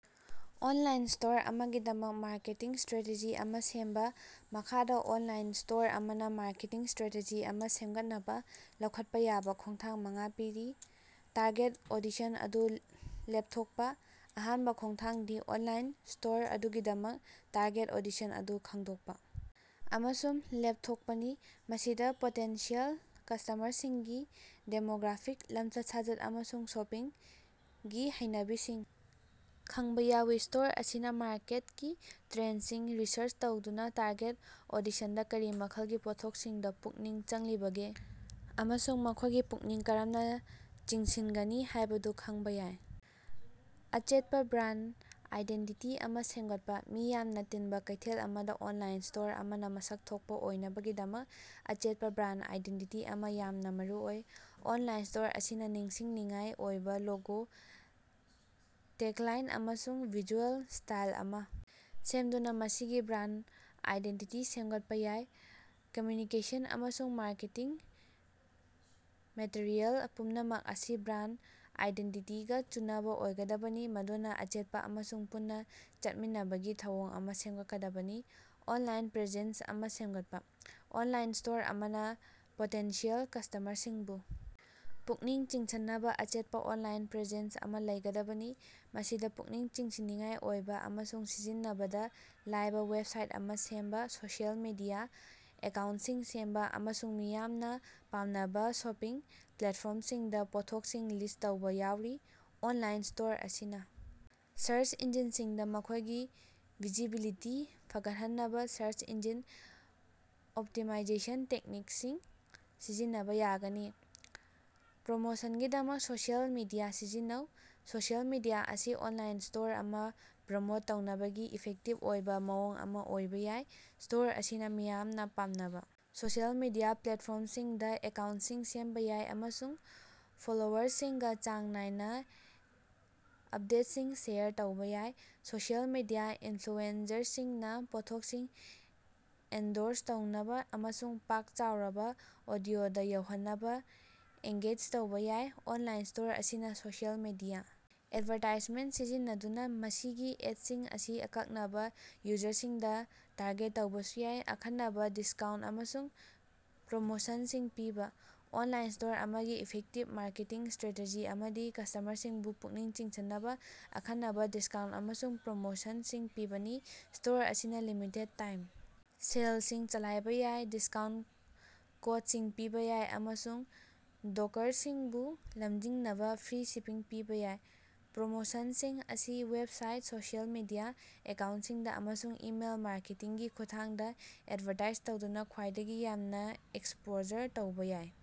Online store ꯑꯃꯒꯤꯗꯃꯛ marketing strategy ꯑꯃ ꯁꯦꯝꯕꯥ꯫ ꯃꯈꯥꯗ ꯑꯣꯟꯂꯥꯏꯟ ꯁ꯭ꯇꯣꯔ ꯑꯃꯅꯥ ꯃꯥꯔꯀꯦꯇꯤꯡ ꯁꯇ꯭ꯔꯦꯇꯦꯖꯤ ꯑꯃ ꯁꯦꯝꯒꯠꯅꯕꯥ ꯂꯧꯈꯠꯄꯥ ꯌꯥꯕ ꯈꯣꯡꯊꯥꯡ ꯃꯉꯥ ꯄꯤꯔꯤ: ꯇꯥꯔꯒꯦꯠ ꯑꯣꯗꯤꯁꯟ ꯑꯗꯨ ꯂꯦꯞꯊꯣꯛꯄꯥ: ꯑꯍꯥꯟꯕꯥ ꯈꯣꯡꯊꯥꯡꯗꯤ ꯑꯣꯟꯂꯥꯏꯟ ꯁ꯭ꯇꯣꯔ ꯑꯗꯨꯒꯤꯗꯃꯛ ꯇꯥꯔꯒꯦꯠ ꯑꯣꯗꯤꯁꯟ ꯑꯗꯨ ꯈꯪꯗꯣꯛꯄꯥ ꯑꯃꯁꯨꯡ ꯂꯦꯞꯊꯣꯛꯄꯅꯤ꯫ ꯃꯁꯤꯗꯥ ꯄꯣꯇꯦꯟꯁꯤꯌꯦꯜ ꯀ꯭ꯁꯇꯃꯔꯁꯤꯡꯒꯤ ꯗꯦꯃꯣꯒ꯭ꯔꯥꯐꯤꯛ, ꯂꯝꯆꯠ-ꯁꯥꯖꯠ ꯑꯃꯁꯨꯡ ꯁꯣꯄꯤꯡꯒꯤ ꯍꯩꯅꯕꯤꯁꯤꯡ ꯈꯪꯕꯥ ꯌꯥꯎꯏ꯫ ꯁ꯭ꯇꯣꯔ ꯑꯁꯤꯅ ꯃꯥꯔꯀꯦꯠꯀꯤ ꯇ꯭ꯔꯦꯟꯁꯤꯡ ꯔꯤꯁꯔꯁ ꯇꯧꯗꯨꯅꯥ ꯇꯥꯔꯒꯦꯠ ꯑꯣꯗꯤꯁꯟꯗꯥ ꯀꯔꯤ ꯃꯈꯜꯒꯤ ꯄꯣꯠꯊꯣꯛꯁꯤꯡꯗꯥ ꯄꯨꯛꯅꯤꯡ ꯆꯪꯂꯤꯕꯒꯦ ꯑꯃꯁꯨꯡ ꯃꯈꯣꯏꯒꯤ ꯄꯨꯛꯅꯤꯡ ꯀꯔꯝꯅꯥ ꯆꯤꯡꯁꯤꯟꯒꯅꯤ ꯍꯥꯏꯕꯗꯨ ꯈꯪꯕꯥ ꯌꯥꯏ꯫ ꯑꯆꯦꯠꯄꯥ ꯕ꯭ꯔꯥꯟ ꯑꯥꯏꯗꯦꯟꯇꯤꯇꯤ ꯑꯃ ꯁꯦꯝꯒꯠꯄꯥ: ꯃꯤ ꯌꯥꯝꯅ ꯇꯤꯟꯕꯥ ꯀꯩꯊꯦꯜ ꯑꯃꯗꯥ ꯑꯣꯟꯂꯥꯏꯟ ꯁ꯭ꯇꯣꯔ ꯑꯃꯅꯥ ꯃꯁꯛ ꯊꯣꯛꯄꯥ ꯑꯣꯏꯅꯕꯒꯤꯗꯃꯛ ꯑꯆꯦꯠꯄꯥ ꯕ꯭ꯔꯥꯟ ꯑꯥꯏꯗꯦꯟꯇꯤꯇꯤ ꯑꯃ ꯌꯥꯝꯅ ꯃꯔꯨꯑꯣꯏ꯫ ꯑꯣꯟꯂꯥꯏꯟ ꯁ꯭ꯇꯣꯔ ꯑꯁꯤꯅ ꯅꯤꯡꯁꯤꯡꯅꯤꯡꯉꯥꯏ ꯑꯣꯏꯕ ꯂꯣꯒꯣ, ꯇꯦꯒꯂꯥꯏꯟ, ꯑꯃꯁꯨꯡ ꯚꯤꯖꯨꯑꯦꯜ ꯁ꯭ꯇꯥꯏꯜ ꯑꯃ ꯁꯦꯝꯗꯨꯅꯥ ꯃꯁꯤꯒꯤ ꯕ꯭ꯔꯥꯟ ꯑꯥꯏꯗꯦꯟꯇꯤꯇꯤ ꯁꯦꯝꯒꯠꯄꯥ ꯌꯥꯏ꯫ ꯀꯝꯃ꯭ꯌꯨꯅꯤꯀꯦꯁꯟ ꯑꯃꯁꯨꯡ ꯃꯥꯔꯀꯦꯇꯤꯡ ꯃꯦꯇꯔꯤꯑꯦꯜ ꯄꯨꯝꯅꯃꯛ ꯑꯁꯤ ꯕ꯭ꯔꯥꯟ ꯑꯥꯏꯗꯦꯟꯇꯤꯇꯤꯒꯥ ꯆꯨꯅꯕꯥ ꯑꯣꯏꯒꯗꯕꯅꯤ ꯃꯗꯨꯅꯥ ꯑꯆꯦꯠꯄꯥ ꯑꯃꯁꯨꯡ ꯄꯨꯟꯅꯥ ꯆꯠꯃꯤꯟꯅꯕꯒꯤ ꯊꯧꯑꯣꯡ ꯑꯃ ꯁꯦꯝꯒꯠꯀꯗꯕꯅꯤ꯫ ꯑꯣꯟꯂꯥꯏꯟ ꯄ꯭ꯔꯦꯖꯦꯟꯁ ꯑꯃ ꯁꯦꯃꯒꯠꯄꯥ: ꯑꯣꯟꯂꯥꯏꯟ ꯁ꯭ꯇꯣꯔ ꯑꯃꯅꯥ ꯄꯣꯇꯦꯟꯁꯤꯌꯦꯜ ꯀꯁ꯭ꯇꯃꯔꯁꯤꯡꯕꯨ ꯄꯨꯛꯅꯤꯡ ꯆꯤꯡꯁꯤꯟꯅꯕꯥ ꯑꯆꯦꯠꯄꯥ ꯑꯣꯟꯂꯥꯏꯟ ꯄ꯭ꯔꯦꯖꯦꯟꯁ ꯑꯃ ꯂꯩꯒꯗꯕꯅꯤ꯫ ꯃꯁꯤꯗꯥ ꯄꯨꯛꯅꯤꯡ ꯆꯤꯡꯁꯤꯟꯅꯤꯡꯉꯥꯏ ꯑꯣꯏꯕ ꯑꯃꯁꯨꯡ ꯁꯤꯖꯤꯟꯅꯕꯗꯥ ꯂꯥꯏꯕ ꯋꯦꯕꯁꯥꯏꯠ ꯑꯃ ꯁꯦꯝꯕꯥ, ꯁꯣꯁꯤꯑꯦꯜ ꯃꯤꯗꯤꯌꯥ ꯑꯦꯀꯥꯎꯟꯁꯤꯡ ꯁꯦꯝꯕꯥ, ꯑꯃꯁꯨꯡ ꯃꯤꯌꯥꯝꯅ ꯄꯥꯝꯅꯕ ꯁꯣꯄꯤꯡ ꯄ꯭ꯂꯦꯠꯐꯣꯔꯝꯁꯤꯡꯗꯥ ꯄꯣꯠꯊꯣꯛꯁꯤꯡ ꯂꯤꯁ ꯇꯧꯕ ꯌꯥꯎꯔꯤ꯫ ꯑꯣꯟꯂꯥꯏꯟ ꯁ꯭ꯇꯣꯔ ꯑꯁꯤꯅ ꯁꯔꯁ ꯏꯟꯖꯤꯟꯁꯤꯡꯗꯥ ꯃꯈꯣꯏꯒꯤ ꯚꯤꯖꯤꯕꯤꯂꯤꯇꯤ ꯐꯒꯠꯍꯟꯅꯕꯥ ꯁꯔꯁ ꯏꯟꯖꯤꯟ ꯑꯣꯞꯇꯤꯃꯥꯏꯖꯦꯁꯟ ꯇꯦꯛꯅꯤꯛꯁꯤꯡ ꯁꯤꯖꯤꯟꯅꯕꯥ ꯌꯥꯒꯅꯤ꯫ ꯄ꯭ꯔꯃꯣꯁꯟꯒꯤꯗꯃꯛ ꯁꯣꯁꯤꯑꯦꯜ ꯃꯤꯗꯤꯌꯥ ꯁꯤꯖꯤꯟꯅꯧ: ꯁꯣꯁꯤꯑꯦꯜ ꯃꯤꯗꯤꯌꯥ ꯑꯁꯤ ꯑꯣꯟꯂꯥꯏꯟ ꯁ꯭ꯇꯣꯔ ꯑꯃ ꯄ꯭ꯔꯃꯣꯠ ꯇꯧꯅꯕꯒꯤ ꯏꯐꯦꯛꯇꯤꯕ ꯑꯣꯏꯕ ꯃꯑꯣꯡ ꯑꯃ ꯑꯣꯏꯕ ꯌꯥꯏ꯫ ꯁ꯭ꯇꯣꯔ ꯑꯁꯤꯅ ꯃꯤꯌꯥꯝꯅ ꯄꯥꯝꯅꯕ ꯁꯣꯁꯤꯑꯦꯜ ꯃꯤꯗꯤꯌꯥ ꯄ꯭ꯂꯦꯠꯐꯣꯔꯝꯁꯤꯡꯗꯥ ꯑꯦꯀꯥꯎꯟꯁꯤꯡ ꯁꯦꯝꯕꯥ ꯌꯥꯏ ꯑꯃꯁꯨꯡ ꯐꯣꯂꯣꯋꯔꯁꯤꯡꯒꯥ ꯆꯥꯡ ꯅꯥꯏꯅ ꯑꯞꯗꯦꯠꯁꯤꯡ ꯁꯦꯌꯔ ꯇꯧꯕ ꯌꯥꯏ꯫ ꯁꯣꯁꯤꯑꯦꯜ ꯃꯤꯗꯤꯌꯥ ꯏꯟꯐ꯭ꯂꯨꯑꯦꯟꯖꯔꯁꯤꯡꯅꯥ ꯄꯣꯠꯊꯣꯛꯁꯤꯡ ꯑꯦꯟꯗꯣꯔꯁ ꯇꯧꯅꯕꯥ ꯑꯃꯁꯨꯡ ꯄꯥꯛ ꯆꯥꯎꯔꯕ ꯑꯣꯗꯤꯑꯣꯗꯥ ꯌꯧꯍꯟꯅꯕꯥ ꯑꯦꯡꯒꯦꯖ ꯇꯧꯕ ꯌꯥꯏ꯫ ꯑꯣꯟꯂꯥꯏꯟ ꯁ꯭ꯇꯣꯔ ꯑꯁꯤꯅ ꯁꯣꯁꯤꯑꯦꯜ ꯃꯤꯗꯤꯌꯥ ꯑꯦꯗꯚꯥꯔꯇꯥꯏꯖꯃꯦꯟ ꯁꯤꯖꯤꯟꯅꯗꯨꯅꯥ ꯃꯁꯤꯒꯤ ꯑꯦꯠꯁꯤꯡ ꯑꯁꯤ ꯑꯀꯛꯅꯕꯥ ꯌꯨꯖꯔꯁꯤꯡꯗꯥ ꯇꯥꯔꯒꯦꯠ ꯇꯧꯕꯁꯨ ꯌꯥꯏ꯫ ꯑꯈꯟꯅꯕꯥ ꯗꯤꯁꯀꯥꯎꯟ ꯑꯃꯁꯨꯡ ꯄ꯭ꯔꯣꯃꯣꯁꯟꯁꯤꯡ ꯄꯤꯕꯥ: ꯑꯣꯟꯂꯥꯏꯟ ꯁ꯭ꯇꯣꯔ ꯑꯃꯒꯤ ꯏꯐꯦꯛꯇꯤꯕ ꯃꯥꯔꯀꯦꯇꯤꯡ ꯁꯇ꯭ꯔꯦꯇꯦꯖꯤ ꯑꯃꯗꯤ ꯀꯁ꯭ꯇꯃꯔꯁꯤꯡꯕꯨ ꯄꯨꯛꯅꯤꯡ ꯆꯤꯡꯁꯤꯟꯅꯕꯥ ꯑꯈꯟꯅꯕꯥ ꯗꯤꯁꯀꯥꯎꯟ ꯑꯃꯁꯨꯡ ꯄ꯭ꯔꯣꯃꯣꯁꯟꯁꯤꯡ ꯄꯤꯕꯅꯤ꯫ ꯁ꯭ꯇꯣꯔ ꯑꯁꯤꯅ ꯂꯤꯃꯤꯇꯦꯗꯠ-ꯇꯥꯏꯝ ꯁꯦꯜꯁꯤꯡ ꯆꯂꯥꯏꯕꯥ ꯌꯥꯏ, ꯗꯤꯁꯀꯥꯎꯟ ꯀꯣꯠꯁꯤꯡ ꯄꯤꯕꯥ ꯌꯥꯏ ꯑꯃꯁꯨꯡ ꯗꯣꯀꯔꯁꯤꯡꯕꯨ ꯂꯝꯖꯤꯡꯅꯕꯥ ꯐ꯭ꯔꯤ ꯁꯤꯄꯤꯡ ꯄꯤꯕꯥ ꯌꯥꯏ꯫ ꯄ꯭ꯔꯣꯃꯣꯁꯟꯁꯤꯡ ꯑꯁꯤ ꯋꯦꯕꯁꯥꯏꯠ, ꯁꯣꯁꯤꯑꯦꯜ ꯃꯤꯗꯤꯌꯥ ꯑꯦꯀꯥꯎꯟꯁꯤꯡꯗꯥ, ꯑꯃꯁꯨꯡ ꯏꯃꯦꯜ ꯃꯥꯔꯀꯦꯇꯤꯡꯒꯤ ꯈꯨꯠꯊꯥꯡꯗꯥ ꯑꯦꯗꯚꯥꯔꯇꯥꯏꯖ ꯇꯧꯗꯨꯅꯥ ꯈ꯭ꯋꯥꯏꯗꯒꯤ ꯌꯥꯝꯅ ꯑꯦꯛꯁꯄꯣꯖꯔ ꯇꯧꯕ ꯌꯥꯏ꯫